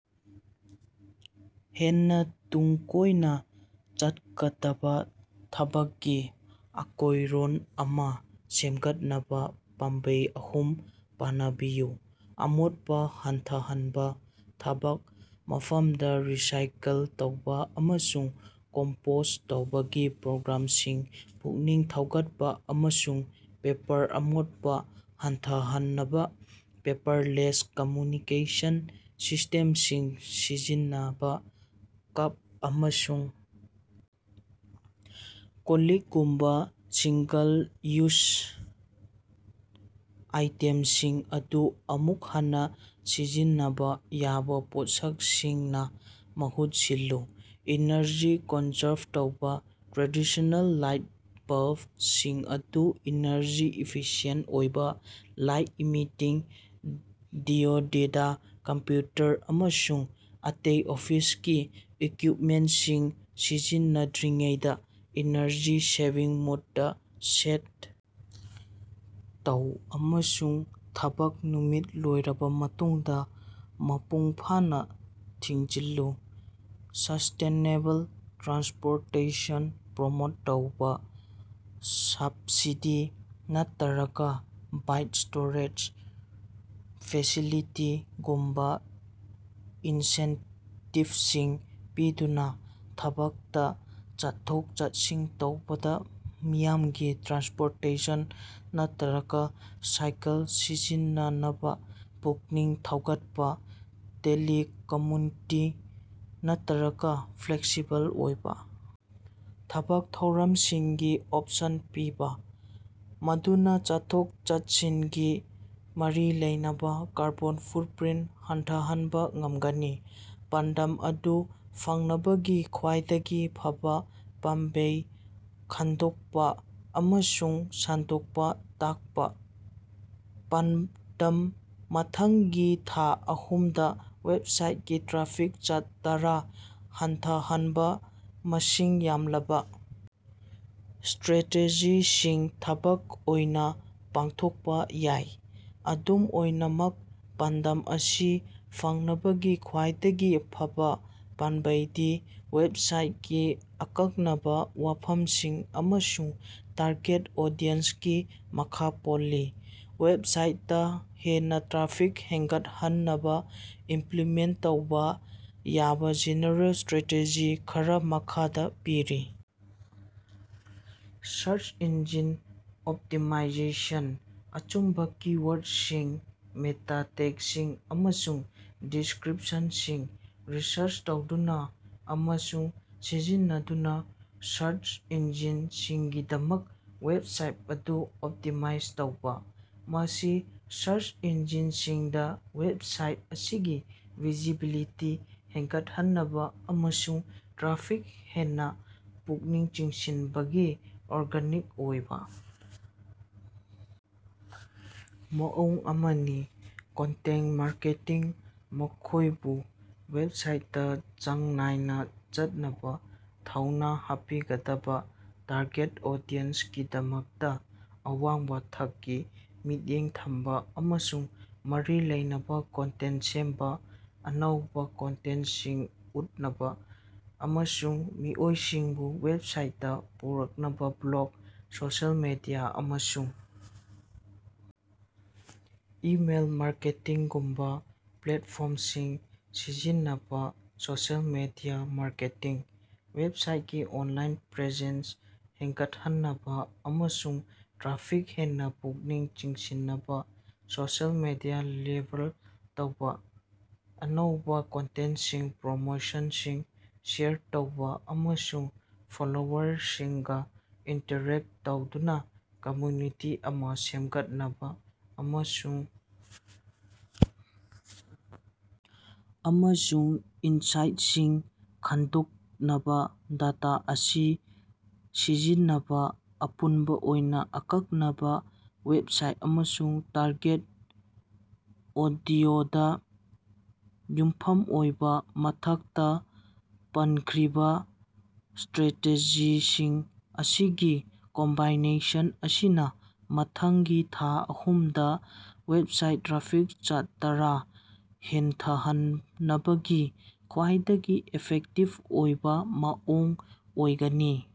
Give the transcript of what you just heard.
ꯍꯦꯟꯅ ꯇꯨꯡ ꯀꯣꯏꯅ ꯆꯠꯀꯗꯕ ꯊꯕꯛꯀꯤ ꯑꯀꯣꯏꯔꯣꯟ ꯑꯃ ꯁꯦꯝꯒꯠꯅꯕ ꯄꯥꯝꯕꯩ ꯑꯍꯨꯝ ꯄꯅꯕꯤꯌꯨ꯫ ꯑꯃꯣꯠꯄ ꯍꯟꯊꯍꯟꯕ: ꯊꯕꯛ ꯃꯐꯝꯗ ꯔꯤꯁꯥꯏꯀꯜ ꯇꯧꯕ ꯑꯃꯁꯨꯡ ꯀꯝꯄꯣꯁꯠ ꯇꯧꯕꯒꯤ ꯄ꯭ꯔꯣꯒ꯭ꯔꯥꯝꯁꯤꯡ ꯄꯨꯛꯅꯤꯡ ꯊꯧꯒꯠꯄ ꯑꯃꯁꯨꯡ ꯄꯦꯄꯔ ꯑꯃꯣꯠꯄ ꯍꯟꯊꯍꯟꯅꯕ ꯄꯦꯄꯔꯂꯦꯁ ꯀꯝꯃ꯭ꯌꯨꯅꯤꯀꯦꯁꯟ ꯁꯤꯁ꯭ꯇꯦꯝꯁꯤꯡ ꯁꯤꯖꯤꯟꯅꯕ꯫ ꯀꯞ ꯑꯃꯁꯨꯡ ꯀꯣꯟ-ꯂꯤꯛꯀꯨꯝꯕ ꯁꯤꯡꯒꯜ-ꯌꯨꯖ ꯑꯥꯏꯇꯦꯝꯁꯤꯡ ꯑꯗꯨ ꯑꯃꯨꯛ ꯍꯟꯅ ꯁꯤꯖꯤꯟꯅꯕ ꯌꯥꯕ ꯄꯣꯠꯁꯛꯁꯤꯡꯅ ꯃꯍꯨꯠ ꯁꯤꯜꯂꯨ꯫ ꯏꯅꯔꯖꯤ ꯀꯟꯖꯔꯚ ꯇꯧꯕ: ꯇ꯭ꯔꯦꯗꯤꯁꯟꯅꯦꯜ ꯂꯥꯏꯠ ꯕꯜꯕꯁꯤꯡ ꯑꯗꯨ ꯏꯅꯔꯖꯤ ꯏꯐꯤꯁꯤꯑꯦꯟꯇ ꯑꯣꯏꯕ ꯂꯥꯏꯠ ꯏꯃꯤꯠꯇꯤꯡ ꯗꯥꯏꯑꯣꯗ ꯀꯝꯄ꯭ꯌꯨꯇꯔ ꯑꯃꯁꯨꯡ ꯑꯇꯩ ꯑꯣꯐꯤꯁꯀꯤ ꯏꯀ꯭ꯌꯨꯏꯞꯃꯦꯟꯇꯁꯤꯡ ꯁꯤꯖꯤꯟꯅꯗ꯭ꯔꯤꯉꯩꯗ "ꯑꯦꯅꯔꯖꯤ-ꯁꯦꯚꯤꯡ" ꯃꯣꯗꯇ ꯁꯦꯠ ꯇꯧ ꯑꯃꯁꯨꯡ ꯊꯕꯛ ꯅꯨꯃꯤꯠ ꯂꯣꯏꯔꯕ ꯃꯇꯨꯡꯗ ꯃꯄꯨꯡꯐꯥꯅ ꯊꯤꯡꯖꯤꯜꯂꯨ꯫ ꯁꯁ꯭ꯇꯦꯅꯦꯕꯜ ꯇ꯭ꯔꯥꯟꯁꯄꯣꯔꯇꯦꯁꯟ ꯄ꯭ꯔꯣꯃꯣꯠ ꯇꯧꯕ: ꯁꯕꯁꯤꯗꯤ ꯅꯠꯇ꯭ꯔꯒ ꯕꯥꯏꯛ ꯁ꯭ꯇꯣꯔꯦꯖ ꯐꯦꯁꯤꯂꯤꯇꯤꯒꯨꯝꯕ ꯏꯟꯁꯦꯟꯇꯤꯚꯁꯤꯡ ꯄꯤꯗꯨꯅ ꯊꯕꯛꯇ ꯆꯠꯊꯣꯛ-ꯆꯠꯁꯤꯟ ꯇꯧꯕꯗ ꯃꯤꯌꯥꯝꯒꯤ ꯇ꯭ꯔꯥꯟꯁꯄꯣꯔꯇꯦꯁꯟ ꯅꯠꯇ꯭ꯔꯒ ꯁꯥꯏꯀꯜ ꯁꯤꯖꯤꯟꯅꯅꯕ ꯄꯨꯛꯅꯤꯡ ꯊꯧꯒꯠꯄ꯫ ꯇꯦꯂꯤꯀꯝꯃ꯭ꯌꯨꯇꯤꯡ ꯅꯠꯇ꯭ꯔꯒ ꯐ꯭ꯂꯦꯛꯁꯤꯕꯜ ꯑꯣꯏꯕ ꯊꯕꯛ ꯊꯧꯔꯝꯁꯤꯡꯒꯤ ꯑꯣꯞꯁꯟ ꯄꯤꯕ, ꯃꯗꯨꯅ ꯆꯠꯊꯣꯛ-ꯆꯠꯁꯤꯟꯒꯤ ꯃꯔꯤ ꯂꯩꯅꯕ ꯀꯥꯔꯕꯣꯟ ꯐꯨꯠꯄ꯭ꯔꯤꯟꯇ ꯍꯟꯊꯍꯟꯕ ꯉꯝꯒꯅꯤ꯫ ꯄꯥꯟꯗꯝ ꯑꯗꯨ ꯐꯪꯅꯕꯒꯤ ꯈ꯭ꯋꯥꯏꯗꯒꯤ ꯐꯕ ꯄꯥꯝꯕꯩ ꯈꯪꯗꯣꯛꯄ ꯑꯃꯁꯨꯡ ꯁꯟꯗꯣꯛꯅ ꯇꯥꯛꯄ꯫ ꯄꯥꯟꯗꯝ: ꯃꯊꯪꯒꯤ ꯊꯥ ꯑꯍꯨꯝꯗ ꯋꯦꯕꯁꯥꯏꯠꯀꯤ ꯇ꯭ꯔꯥꯐꯤꯛ ꯆꯥꯗ ꯇꯔꯥ ꯍꯟꯊꯍꯟꯕ ꯃꯁꯤꯡ ꯌꯥꯝꯂꯕ ꯁ꯭ꯇꯔꯦꯇꯦꯖꯤꯁꯤꯡ ꯊꯕꯛ ꯑꯣꯏꯅ ꯄꯥꯡꯊꯣꯛꯄ ꯌꯥꯏ꯫ ꯑꯗꯨꯝ ꯑꯣꯏꯅꯃꯛ ꯄꯥꯟꯗꯝ ꯑꯁꯤ ꯐꯪꯅꯕꯒꯤ ꯈ꯭ꯋꯥꯏꯗꯒꯤ ꯐꯕ ꯄꯥꯝꯕꯩꯗꯤ ꯋꯦꯕꯁꯥꯏꯠꯀꯤ ꯑꯀꯛꯅꯕ ꯋꯥꯐꯝꯁꯤꯡ ꯑꯃꯁꯨꯡ ꯇꯥꯔꯒꯦꯠ ꯑꯣꯗꯤꯁꯟꯒꯤ ꯃꯈꯥ ꯄꯣꯜꯂꯤ꯫ ꯋꯦꯕꯁꯥꯏꯠꯇ ꯍꯦꯟꯅ ꯇ꯭ꯔꯥꯐꯤꯛ ꯍꯦꯟꯒꯠꯍꯟꯅꯕ ꯏꯃꯄ꯭ꯂꯤꯃꯦꯟꯇ ꯇꯧꯕ ꯌꯥꯕ ꯖꯦꯅꯦꯔꯦꯜ ꯁ꯭ꯇꯔꯥꯇꯦꯖꯤ ꯈꯔ ꯃꯈꯥꯗ ꯄꯤꯔꯤ: ꯁꯔꯆ ꯏꯟꯖꯤꯟ ꯑꯣꯞꯇꯤꯃꯥꯏꯖꯦꯁꯟ: ꯑꯆꯨꯝꯕ ꯀꯤ-ꯋꯥꯔꯗꯁꯤꯡ, ꯃꯦꯇꯥ ꯇꯦꯒꯁꯤꯡ ꯑꯃꯁꯨꯡ ꯗꯤꯁꯀ꯭ꯔꯤꯞꯁꯟꯁꯤꯡ ꯔꯤꯁꯔꯆ ꯇꯧꯗꯨꯅ ꯑꯃꯁꯨꯡ ꯁꯤꯖꯤꯟꯅꯗꯨꯅ ꯁꯔꯆ ꯏꯟꯖꯤꯟꯁꯤꯡꯒꯤꯗꯃꯛ ꯋꯦꯕꯁꯥꯏꯠ ꯑꯗꯨ ꯑꯣꯞꯇꯤꯃꯥꯏꯖ ꯇꯧꯕ꯫ ꯃꯁꯤ ꯁꯔꯆ ꯏꯟꯖꯤꯟꯁꯤꯡꯗ ꯋꯦꯕꯁꯥꯏꯠ ꯑꯁꯤꯒꯤ ꯚꯤꯖꯤꯕꯤꯂꯤꯇꯤ ꯍꯦꯟꯒꯠꯍꯟꯅꯕ ꯑꯃꯁꯨꯡ ꯇ꯭ꯔꯥꯐꯤꯛ ꯍꯦꯟꯅ ꯄꯨꯛꯅꯤꯡ ꯆꯤꯡꯁꯤꯟꯕꯒꯤ ꯑꯣꯔꯒꯥꯅꯤꯛ ꯑꯣꯏꯕ ꯃꯑꯣꯡ ꯑꯃꯅꯤ꯫ ꯀꯟꯇꯦꯟꯇ ꯃꯥꯔꯀꯦꯇꯤꯡ: ꯃꯈꯣꯏꯕꯨ ꯋꯦꯕꯁꯥꯏꯠꯇ ꯆꯥꯡ ꯅꯥꯏꯅ ꯆꯠꯅꯕ ꯊꯧꯅ ꯍꯥꯞꯄꯤꯒꯗꯕ ꯇꯥꯔꯒꯦꯠ ꯑꯣꯗꯤꯁꯟꯒꯤꯗꯃꯛ ꯑꯋꯥꯡꯕ ꯊꯥꯛꯀꯤ ꯃꯤꯠꯌꯦꯡ ꯊꯝꯕ ꯑꯃꯁꯨꯡ ꯃꯔꯤ ꯂꯩꯅꯕ ꯀꯟꯇꯦꯟꯇ ꯁꯦꯝꯕ; ꯑꯅꯧꯕ ꯀꯟꯇꯦꯟꯇꯁꯤꯡ ꯎꯠꯅꯕ ꯑꯃꯁꯨꯡ ꯃꯤꯑꯣꯏꯁꯤꯡꯕꯨ ꯋꯦꯕꯁꯥꯏꯠꯇ ꯄꯨꯔꯛꯅꯕ ꯕ꯭ꯂꯣꯒ, ꯁꯣꯁꯤꯑꯦꯜ ꯃꯤꯗꯤꯌꯥ ꯑꯃꯁꯨꯡ ꯏꯃꯦꯜ ꯃꯥꯔꯀꯦꯇꯤꯡꯒꯨꯝꯕ ꯄ꯭ꯂꯦꯠꯐꯣꯔꯝꯁꯤꯡ ꯁꯤꯖꯤꯟꯅꯕ; ꯁꯣꯁꯤꯑꯦꯜ ꯃꯤꯗꯤꯌꯥ ꯃꯥꯔꯀꯦꯇꯤꯡ: ꯋꯦꯕꯁꯥꯏꯠꯀꯤ ꯑꯣꯟꯂꯥꯏꯟ ꯄ꯭ꯔꯦꯖꯦꯟꯁ ꯍꯦꯟꯒꯠꯍꯟꯅꯕ ꯑꯃꯁꯨꯡ ꯇ꯭ꯔꯥꯐꯤꯛ ꯍꯦꯟꯅ ꯄꯨꯛꯅꯤꯡ ꯆꯤꯡꯁꯤꯟꯅꯕ ꯁꯣꯁꯤꯑꯦꯜ ꯃꯤꯗꯤꯌꯥ ꯂꯤꯚꯔ ꯇꯧꯕ, ꯑꯅꯧꯕ ꯀꯟꯇꯦꯟꯇꯁꯤꯡ, ꯄ꯭ꯔꯣꯃꯣꯁꯟꯁꯤꯡ ꯁꯦꯌꯔ ꯇꯧꯕ ꯑꯃꯁꯨꯡ ꯐꯣꯂꯣꯋꯔꯁꯤꯡꯒ ꯏꯟꯇꯔꯦꯛꯇ ꯇꯧꯗꯨꯅ ꯀꯝꯃ꯭ꯌꯨꯅꯤꯇꯤ ꯑꯃ ꯁꯦꯝꯒꯠꯅꯕ ꯑꯃꯁꯨꯡ ꯑꯃꯁꯨꯡ ꯏꯟꯁꯥꯏꯠꯁꯤꯡ ꯈꯟꯗꯣꯛꯅꯕ ꯗꯇꯥ ꯑꯁꯤ ꯁꯤꯖꯤꯟꯅꯕ; ꯑꯄꯨꯟꯕ ꯑꯣꯏꯅ, ꯑꯀꯛꯅꯕ ꯋꯦꯕꯁꯥꯏꯠ ꯑꯃꯁꯨꯡ ꯇꯥꯔꯒꯦꯠ ꯑꯣꯗꯤꯑꯣꯗ ꯌꯨꯝꯐꯝ ꯑꯣꯏꯕ ꯃꯊꯛꯇ ꯄꯟꯈ꯭ꯔꯤꯕ ꯁ꯭ꯇꯔꯦꯇꯦꯖꯤꯁꯤꯡ ꯑꯁꯤꯒꯤ ꯀꯝꯕꯤꯅꯦꯁꯟ ꯑꯁꯤꯅ ꯃꯊꯪꯒꯤ ꯊꯥ ꯑꯍꯨꯝꯗ ꯋꯦꯕꯁꯥꯏꯠ ꯇ꯭ꯔꯥꯐꯤꯛ ꯆꯥꯗ ꯇꯔꯥ ꯍꯦꯟꯒꯠꯍꯟꯅꯕꯒꯤ ꯈ꯭ꯋꯥꯏꯗꯒꯤ ꯏꯐꯦꯛꯇꯤꯚ ꯑꯣꯏꯕ ꯃꯑꯣꯡ ꯑꯣꯏꯒꯅꯤ꯫